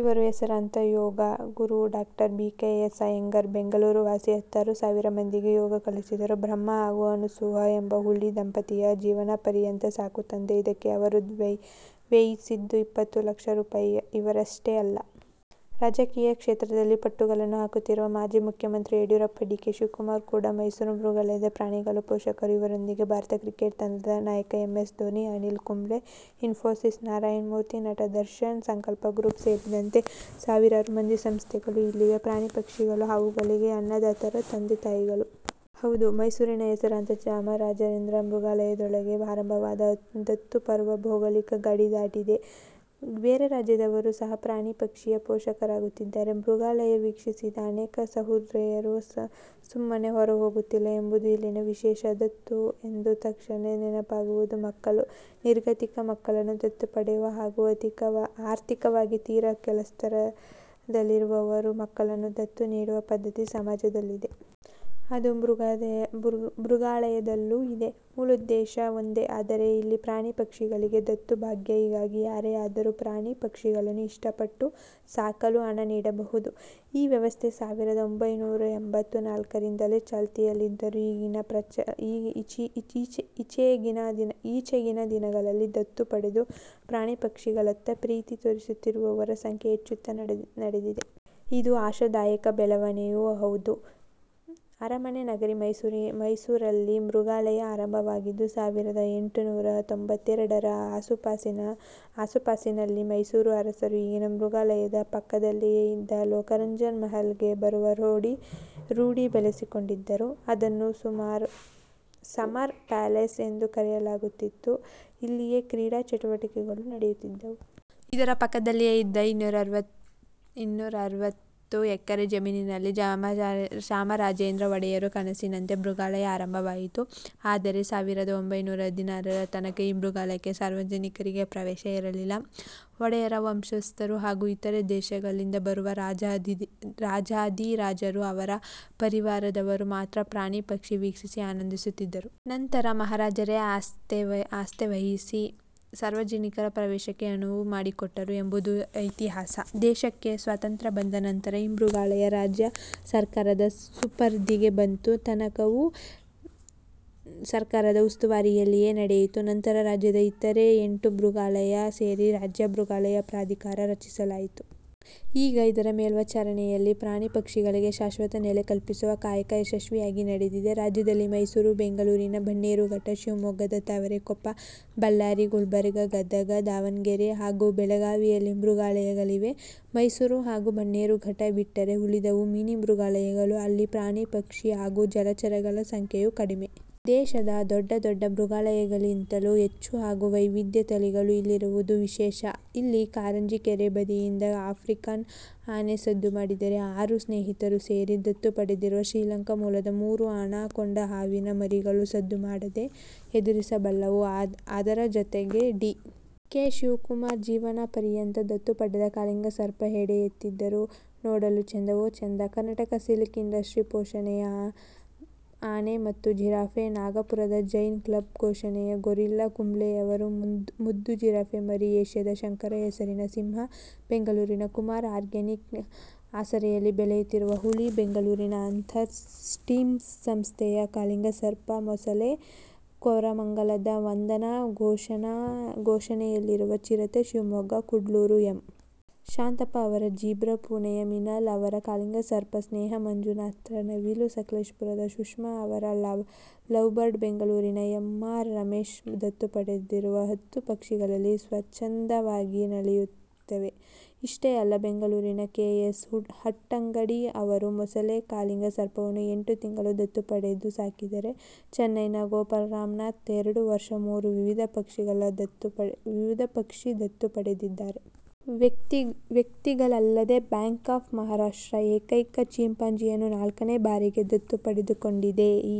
ಇವರು ಹೆಸರಾಂತ ಯೋಗ ಗುರು doctor B. K. S. Iyengar. Bengaluru ವಾಸಿ. ಹತ್ತಾರು ಸಾವಿರ ಮಂದಿಗೆ ಯೋಗ ಕಲಿಸಿದರೂ ಬ್ರಹ್ಮ ಹಾಗೂ ಅನಸೂಯಾ ಎಂಬ ಹುಲಿ ದಂಪತಿಯ ಜೀವನಪರ್ಯಂತ ಸಾಕು ತಂದೆ. ಇದಕ್ಕೆ ಅವರು ವ್ಯಯಿಸಿದ್ದು ಇಪ್ಪತ್ತು ಲಕ್ಷ ರೂಪಾಯ್ ಇವರಷ್ಟೇ ಅಲ್ಲ. ರಾಜಕೀಯ ಕ್ಷೇತ್ರದಲ್ಲಿ ಪಟ್ಟುಗಳನ್ನು ಹಾಕುತ್ತಿರುವ ಮಾಜಿ ಮುಖ್ಯಮಂತ್ರಿ ಯಡಿಯೂರಪ್ಪ, ಡಿ. ಕೆ. ಶಿವಕುಮಾರ್ ಕೂಡ ಮೈಸೂರು ಮೃಗಾಲಯದ ಪ್ರಾಣಿಗಳ ಪೋಷಕರು. ಇವರೊಂದಿಗೆ ಭಾರತ ಕ್ರಿಕೆಟ್ ತಂಡದ ನಾಯಕ ಎಂ. ಎಸ್. ದೋನಿ, ಅನಿಲ್ ಕುಂಬ್ಳೆ, ಇನ್ಫೋಸಿಸ್ ನಾರಾಯಣಮೂರ್ತಿ, ನಟ ದರ್ಶನ್, ಸಂಕಲ್ಪ ಗ್ರೂಪ್ ಸೇರಿದಂತೆ ಸಾವಿರಾರು ಮಂದಿ, ಸಂಸ್ಥೆಗಳು ಇಲ್ಲಿನ ಪ್ರಾಣಿ, ಪಕ್ಷಿ, ಹಾವುಗಳಿಗೆ ಅನ್ನದಾತರು, ತಂದೆ-ತಾಯಿಗಳು. ಹೌದು. ಮೈಸೂರಿನ ಹೆಸರಾಂತ ಚಾಮರಾಜೇಂದ್ರ ಮೃಗಾಲಯದೊಳಗೆ ಆರಂಭವಾದ ದತ್ತು ಪರ್ವ ಭೌಗೋಳಿಕ ಗಡಿ ದಾಟಿದೆ. ಬೇರೆ ರಾಜ್ಯದವರು ಸಹ ಪ್ರಾಣಿ, ಪಕ್ಷಿಯ ಪೋಷಕರಾಗುತ್ತಿದ್ದಾರೆ. ಮೃಗಾಲಯ ವೀಕ್ಷಿಸಿದ ಅನೇಕ ಸಹೃದಯರು ಸುಮ್ಮನೆ ಹೊರಹೋಗುತ್ತಿಲ್ಲ ಎಂಬುದು ಇಲ್ಲಿನ ವಿಶೇಷ. ದತ್ತು ಎಂದ ತಕ್ಷಣ ನೆನಪಾಗುವುದು ಮಕ್ಕಳು. ನಿರ್ಗತಿಕ ಮಕ್ಕಳನ್ನು ದತ್ತು ಪಡೆಯುವ ಹಾಗೂ ಆರ್ಥಿಕವಾಗಿ ತೀರಾ ಕೆಳಸ್ಥರದಲ್ಲಿರುವವರು ಮಕ್ಕಳನ್ನು ದತ್ತು ನೀಡುವ ಪದ್ಧತಿ ಸಮಾಜದಲ್ಲಿದೆ. ಅದು ಮೃಗಾಲಯದಲ್ಲೂ ಇದೆ. ಮೂಲೋದ್ದೇಶ ಒಂದೇ. ಆದರೆ ಇಲ್ಲಿ ಪ್ರಾಣಿ ಪಕ್ಷಿಗಳಿಗೆ ದತ್ತು ಭಾಗ್ಯ. ಹೀಗಾಗಿ ಯಾರೇ ಆದರೂ ಪ್ರಾಣಿ ಪಕ್ಷಿಗಳನ್ನು ಇಷ್ಟಪಟ್ಟು ಸಾಕಲು ಹಣ ನೀಡಬಹುದು. ಈ ವ್ಯವಸ್ಥೆ ಸಾವಿರದ ಒಂಭೈನುರಾ ಎಂಭತ್ತ ನಾಲ್ಕರಿಂದಲೇ ಚಾಲ್ತಿಯಲ್ಲಿದ್ದರೂ ಈಚೆಗಿನ ದಿನಗಳಲ್ಲಿ ದತ್ತು ಪಡೆದು ಪ್ರಾಣಿ ಪಕ್ಷಿಗಳತ್ತ ಪ್ರೀತಿ ತೋರಿಸುತ್ತಿರುವವರ ಸಂಖ್ಯೆ ಹೆಚ್ಚುತ್ತ ನಡೆದಿದೆ. ಇದು ಆಶಾದಾಯಕ ಬೆಳವಣಿಯೂ ಹೌದು. ಅರಮನೆ ನಗರಿ ಮೈಸೂರಲ್ಲಿ ಮೃಗಾಲಯ ಆರಂಭವಾಗಿದ್ದು ಸಾವಿರದ ಎಂಟುನೂರ ತೊಂಭತ್ತೆರಡರ ಆಸುಪಾಸಿನಲ್ಲಿ ಮೈಸೂರು ಅರಸರು ಈಗಿನ ಮೃಗಾಲಯದ ಪಕ್ಕದಲ್ಲಿಯೇ ಇದ್ದ ಲೋಕರಂಜನ್ ಮಹಲ್ಗೆ ಬರುವ ರೂಢಿ ಬೆಳೆಸಿಕೊಂಡಿದ್ದರು. ಅದನ್ನು ಸಮರ್ ಪ್ಯಾಲೇಸ್ ಎಂದೂ ಕರೆಯಲಾಗುತ್ತಿತ್ತು. ಇಲ್ಲಿಯೇ ಕ್ರೀಡಾ ಚಟುವಟಿಕೆಗಳೂ ನಡೆಯುತ್ತಿದ್ದವು. ಇದರ ಪಕ್ಕದಲ್ಲಿಯೇ ಇದ್ದ ಇನ್ನೂರೈವತ್ತು ಎಕರೆ ಜಮೀನಿನಲ್ಲಿ ಚಾಮರಾಜೇಂದ್ರ ಒಡೆಯರ ಕನಸಿನಂತೆ ಮೃಗಾಲಯ ಆರಂಭವಾಯಿತು. ಆದರೆ ಸಾವಿರದ ಒಂಭೈನೂರ ಹದಿನಾರರ ತನಕ ಈ ಮೃಗಾಲಯಕ್ಕೆ ಸಾರ್ವಜನಿಕರಿಗೆ ಪ್ರವೇಶ ಇರಲಿಲ್ಲ. ಒಡೆಯರ ವಂಶಸ್ಥರು ಹಾಗೂ ಇತರೆ ದೇಶಗಳಿಂದ ಬರುವ ರಾಜಾಧಿರಾಜರು, ಅವರ ಪರಿವಾರದವರು ಮಾತ್ರ ಪ್ರಾಣಿ ಪಕ್ಷಿ ವೀಕ್ಷಿಸಿ ಆನಂದಿಸುತ್ತಿದ್ದರು. ನಂತರ ಮಹಾರಾಜರೇ ಆಸ್ಥೆ ವಹಿಸಿ ಸಾರ್ವಜನಿಕರ ಪ್ರವೇಶಕ್ಕೆ ಅನುವು ಮಾಡಿಕೊಟ್ಟರು ಎಂಬುದು ಇತಿಹಾಸ. ದೇಶಕ್ಕೆ ಸ್ವಾತಂತ್ರ್ಯ ಬಂದ ನಂತರ ಈ ಮೃಗಾಲಯ ರಾಜ್ಯ ಸರ್ಕಾರದ ಸುಪರ್ದಿಗೆ ಬಂತು. ತನಕವೂ ಸರ್ಕಾರದ ಉಸ್ತುವಾರಿಯಲ್ಲಿಯೇ ನಡೆಯಿತು. ನಂತರ ರಾಜ್ಯದ ಇತರೇ ಎಂಟು ಮೃಗಾಲಯ ಸೇರಿಸಿ ರಾಜ್ಯ ಮೃಗಾಲಯ ಪ್ರಾಧಿಕಾರ ರಚಿಸಲಾಯಿತು. ಈಗ ಇದರ ಮೇಲ್ವಿಚಾರಣೆಯಲ್ಲಿ ಪ್ರಾಣಿ ಪಕ್ಷಿಗಳಿಗೆ ಶಾಶ್ವತ ನೆಲೆ ಕಲ್ಪಿಸುವ ಕಾಯಕ ಯಶಸ್ವಿಯಾಗಿ ನಡೆದಿದೆ. ರಾಜ್ಯದಲ್ಲಿ ಮೈಸೂರು, ಬೆಂಗಳೂರಿನ ಬನ್ನೇರುಘಟ್ಟ, ಶಿವಮೊಗ್ಗದ ತಾವರೆಕೊಪ್ಪ, ಬಳ್ಳಾರಿ, ಗುಲ್ಬರ್ಗ, ಗದಗ, ದಾವಣಗೆರೆ ಹಾಗೂ ಬೆಳಗಾವಿಯಲ್ಲಿ ಮೃಗಾಲಯಗಳಿವೆ. ಮೈಸೂರು ಹಾಗೂ ಬನ್ನೇರುಘಟ್ಟ ಬಿಟ್ಟರೆ ಉಳಿದವು ಮಿನಿ ಮೃಗಾಲಯಗಳು. ಅಲ್ಲಿ ಪ್ರಾಣಿ-ಪಕ್ಷಿ ಹಾಗೂ ಜಲಚರಗಳ ಸಂಖ್ಯೆಯೂ ಕಡಿಮೆ. ದೇಶದ ದೊಡ್ಡ ದೊಡ್ಡ ಮೃಗಾಲಯಗಳಿಗಿಂತಲೂ ಹೆಚ್ಚು ಹಾಗೂ ವೈವಿಧ್ಯ ತಳಿಗಳು ಇಲ್ಲಿರುವುದು ವಿಶೇಷ. ಇಲ್ಲಿ ಕಾರಂಜಿ ಕೆರೆ ಬದಿಯಿಂದ ಆಫ್ರಿಕನ್ ಆನೆ ಸದ್ದು ಮಾಡಿದರೆ, ಆರು ಸ್ನೇಹಿತರು ಸೇರಿ ದತ್ತು ಪಡೆದಿರುವ ಶ್ರೀಲಂಕಾ ಮೂಲದ ಮೂರು ಅನಕೊಂಡಾ ಹಾವಿನ ಮರಿಗಳು ಸದ್ದು ಮಾಡದೇ ಹೆದರಿಸಬಲ್ಲವು. ಅದರ ಜತೆಗೆ ಡಿ. ಕೆ. ಶಿವಕುಮಾರ್ ಜೀವನಪರ್ಯಂತ ದತ್ತು ಪಡೆದ ಕಾಳಿಂಗಸರ್ಪ ಹೆಡೆ ಎತ್ತದಿದ್ದರೂ ನೋಡಲು ಚೆಂದವೋ ಚಂದ. ಕರ್ನಾಟಕ ಸಿಲ್ಕ್ ಇಂಡಸ್ಟ್ರೀಸ್ ಪೋಷಣೆಯ ಆನೆ ಮತ್ತು ಜಿರಾಫೆ, ನಾಗಪುರದ ಜೈನ್ ಕ್ಲಬ್ ಪೋಷಣೆಯ ಗೊರಿಲ್ಲಾ, ಕುಂಬ್ಳೆಯವರ ಮುದ್ದು ಜಿರಾಫೆ ಮರಿ, ಏಷ್ಯಾದ ಶಂಕರ ಹೆಸರಿನ ಸಿಂಹ, ಬೆಂಗಳೂರಿನ ಕುಮಾರ್ ಆರ್ಗ್ಯಾನಿಕ್ನ ಆಸರೆಯಲ್ಲಿ ಬೆಳೆಯುತ್ತಿರುವ ಹುಲಿ, ಬೆಂಗಳೂರಿನ ಅಂತ್ರಾಸ್ ಸಿಸ್ಟಂ ಸಂಸ್ಥೆಯ ಕಾಳಿಂಗಸರ್ಪ, ಮೊಸಳೆ, ಕೋರಮಂಗಲದ ವಂದನಾ ಪೋಷಣೆಯಲ್ಲಿರುವ ಚಿರತೆ, ಶಿವಮೊಗ್ಗ ಕುಡ್ಲೂರು ಎಂ. ಶಾಂತಪ್ಪ ಅವರ ಜೀಬ್ರಾ, ಪುಣೆಯ ಮಿನಾಲ್ ಅವರ ಕಾಳಿಂಗಸರ್ಪ, ಸ್ನೇಹಾ ಮಂಜುನಾಥ್ರ ನವಿಲು, ಸಕಲೇಶಪುರದ ಸುಷ್ಮಾ ಅವರ ಲವ್ಬರ್ಡ್, ಬೆಂಗಳೂರಿನ ಎಂ. ಆರ್. ರಮೇಶ್ ದತ್ತು ಪಡೆದಿರುವ ಹತ್ತು ಪಕ್ಷಿಗಳೆಲ್ಲ ಸ್ವಚ್ಛಂದವಾಗಿ ನಲಿಯುತ್ತಿವೆ. ಇಷ್ಟೇ ಅಲ್ಲ. ಬೆಂಗಳೂರಿನ ಕೆ. ಎಸ್. ಹಟ್ಟಂಗಡಿ ಅವರು ಮೊಸಳೆ, ಕಾಳಿಂಗಸರ್ಪವನ್ನು ಎಂಟು ತಿಂಗಳು ದತ್ತು ಪಡೆದು ಸಾಕಿದರೆ, ಚೆನೈನ ಗೋಪಾಲ ರಾಮನಾಥ್ ಎರಡು ವರ್ಷ ಮೂರು ವಿವಿಧ ಪಕ್ಷಿ ದತ್ತು ಪಡೆದಿದ್ದಾರೆ. ವ್ಯಕ್ತಿಗಳಲ್ಲದೇ ಬ್ಯಾಂಕ್ ಆಫ್ ಮಹಾರಾಷ್ಟ್ರ ಏಕೈಕ ಚಿಂಪಾಜಿಯನ್ನು ನಾಲ್ಕನೇ ಬಾರಿಗೆ ದತ್ತು ತೆಗೆದುಕೊಂಡಿದೆ.ಇ